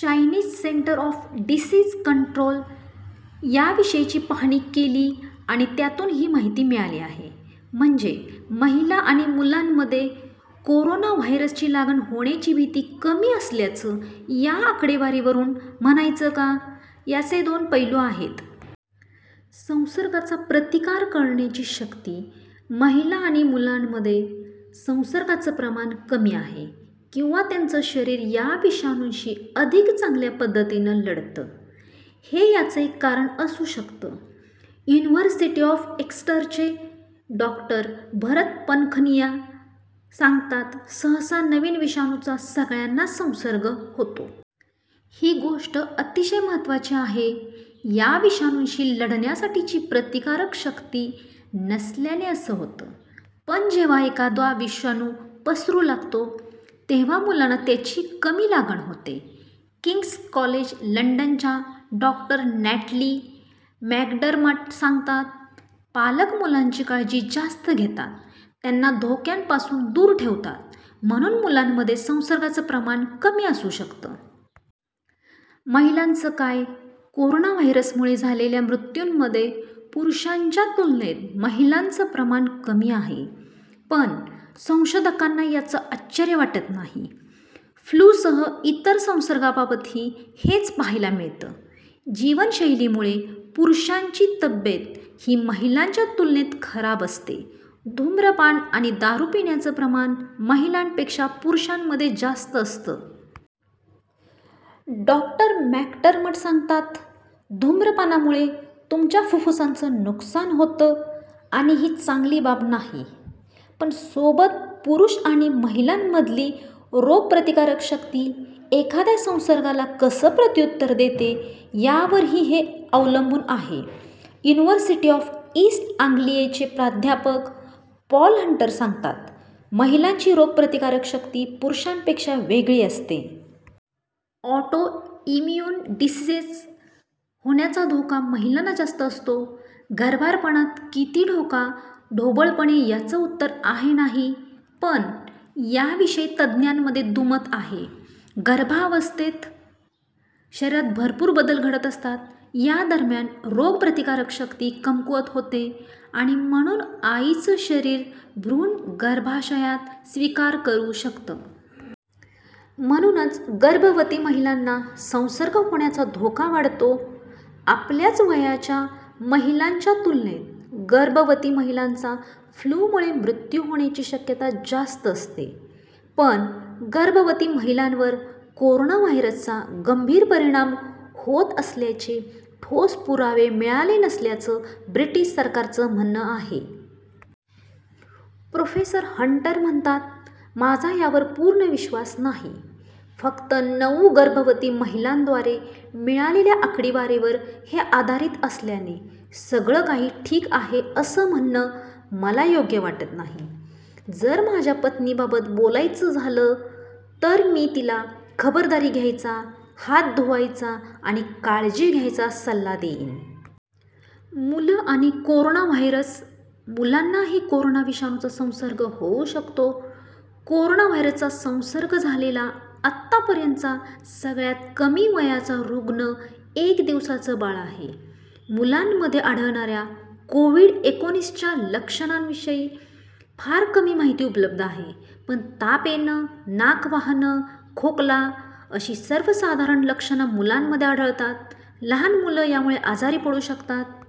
Chinese centre of disease control याविषयीची पाहणी केली आणि त्यातून ही माहिती मिळाली आहे. म्हणजे महिला आणि मुलांमध्ये कोरोना व्हायरसची लागण होण्याची भीती कमी असल्याचं या आकडेवारीवरून म्हणायचं का? याचे दोन पैलू आहेत. संसर्गाचा प्रतिकार करण्याची शक्ती महिला आणि मुलांमध्ये संसर्गाचं प्रमाण कमी आहे किंवा त्यांचं शरीर या विषाणूशी अधिक चांगल्या पद्धतीने लढतं, हे याचं एक कारण असू शकतं. युनिव्हर्सिटी ऑफ एक्स्टरचे डॉक्टर भरत पनखनिया सांगतात, सहसा नवीन विषाणूचा सगळ्यांनाच संसर्ग होतो. ही गोष्ट अतिशय महत्त्वाची आहे. या विषाणूशी लढण्यासाठीची प्रतिकारक शक्ती नसल्याने असं होतं. पण जेव्हा एखादा विषाणू पसरू लागतो, तेव्हा मुलांना त्याची कमी लागण होते. किंग्स कॉलेज लंडनच्या डॉक्टर नॅटली मॅकडरमट सांगतात, पालक मुलांची काळजी जास्त घेतात, त्यांना धोक्यांपासून दूर ठेवतात म्हणून मुलांमध्ये संसर्गाचं प्रमाण कमी असू शकतं. महिलांचं काय? कोरोनाव्हायरसमुळे झालेल्या मृत्यूंमध्ये पुरुषांच्या तुलनेत महिलांचं प्रमाण कमी आहे. पण संशोधकांना याचं आश्चर्य वाटत नाही. फ्लूसह इतर संसर्गांबाबतही हेच पहायला मिळतं. जीवनशैलीमुळे पुरुषांची तब्येत ही महिलांच्या तुलनेत खराब असते. धूम्रपान आणि दारू पिण्याचं प्रमाण महिलांपेक्षा पुरुषांमध्ये जास्त असतं. डॉक्टर मॅकटरमट सांगतात, धूम्रपानामुळे तुमच्या फुफ्फुसांचं नुकसान होतं आणि ही चांगली बाब नाही. पण सोबत पुरुष आणि महिलांमधली रोगप्रतिकारक शक्ती एखाद्या संसर्गाला कसं प्रत्युत्तर देते, यावरही हे अवलंबून आहे. युनिव्हर्सिटी ऑफ ईस्ट आंग्लीयचे प्राध्यापक पॉल हंटर सांगतात, महिलांची रोग प्रतिकारक शक्ती पुरुषांपेक्षा वेगळी असते. ऑटो इम्यून डिसीजेस होण्याचा धोका महिलांना जास्त असतो. गर्भारपणात किती धोका ढोबळपणे याचं उत्तर आहे नाही. पण याविषयी तज्ज्ञांमध्ये दुमत आहे. गर्भावस्थेत शरीरात भरपूर बदल घडत असतात. यादरम्यान रोग प्रतिकारक शक्ती कमकुवत होते आणि म्हणून आईचं शरीर भ्रूण गर्भाशयात स्वीकार करू शकतं. म्हणूनच गर्भवती महिलांना संसर्ग होण्याचा धोका वाढतो. आपल्याच वयाच्या महिलांच्या तुलनेत गर्भवती महिलांचा फ्लूमुळे मृत्यू होण्याची शक्यता जास्त असते. पण गर्भवती महिलांवर कोरोनाव्हायरसचा गंभीर परिणाम होत असल्याचे ठोस पुरावे मिळाले नसल्याचं ब्रिटीश सरकारचं म्हणणं आहे. प्रोफेसर हंटर म्हणतात, माझा यावर पूर्ण विश्वास नाही. फक्त नऊ गर्भवती महिलांद्वारे मिळालेल्या आकडेवारीवर हे आधारित असल्याने सगळंकाही ठीक आहे असं म्हणणं मला योग्य वाटत नाही. जर माझ्या पत्नीबाबत बोलायचं झालं तर मी तिला खबरदारी घ्यायचा, हात धुवायचा आणि काळजी घ्यायचा सल्ला देईन. मुलं आणि कोरोनाव्हायरस मुलांनाही कोरोना विषाणूचा संसर्ग होऊ शकतो. कोरोना व्हायरसचा संसर्ग झालेला आतापर्यंतचा सगळ्यात कमी वयाचा रुग्ण एक दिवसाचं बाळ आहे. मुलांमध्ये आढळणाऱ्या कोव्हिड एकोणीसच्या लक्षणांविषयी फार कमी माहिती उपलब्ध आहे. पण ताप येणं, नाक वाहणं, खोकला अशी सर्वसाधारण लक्षणं मुलांमध्ये आढळतात. लहान मुलं यामुळे आजारी पडू शकतात.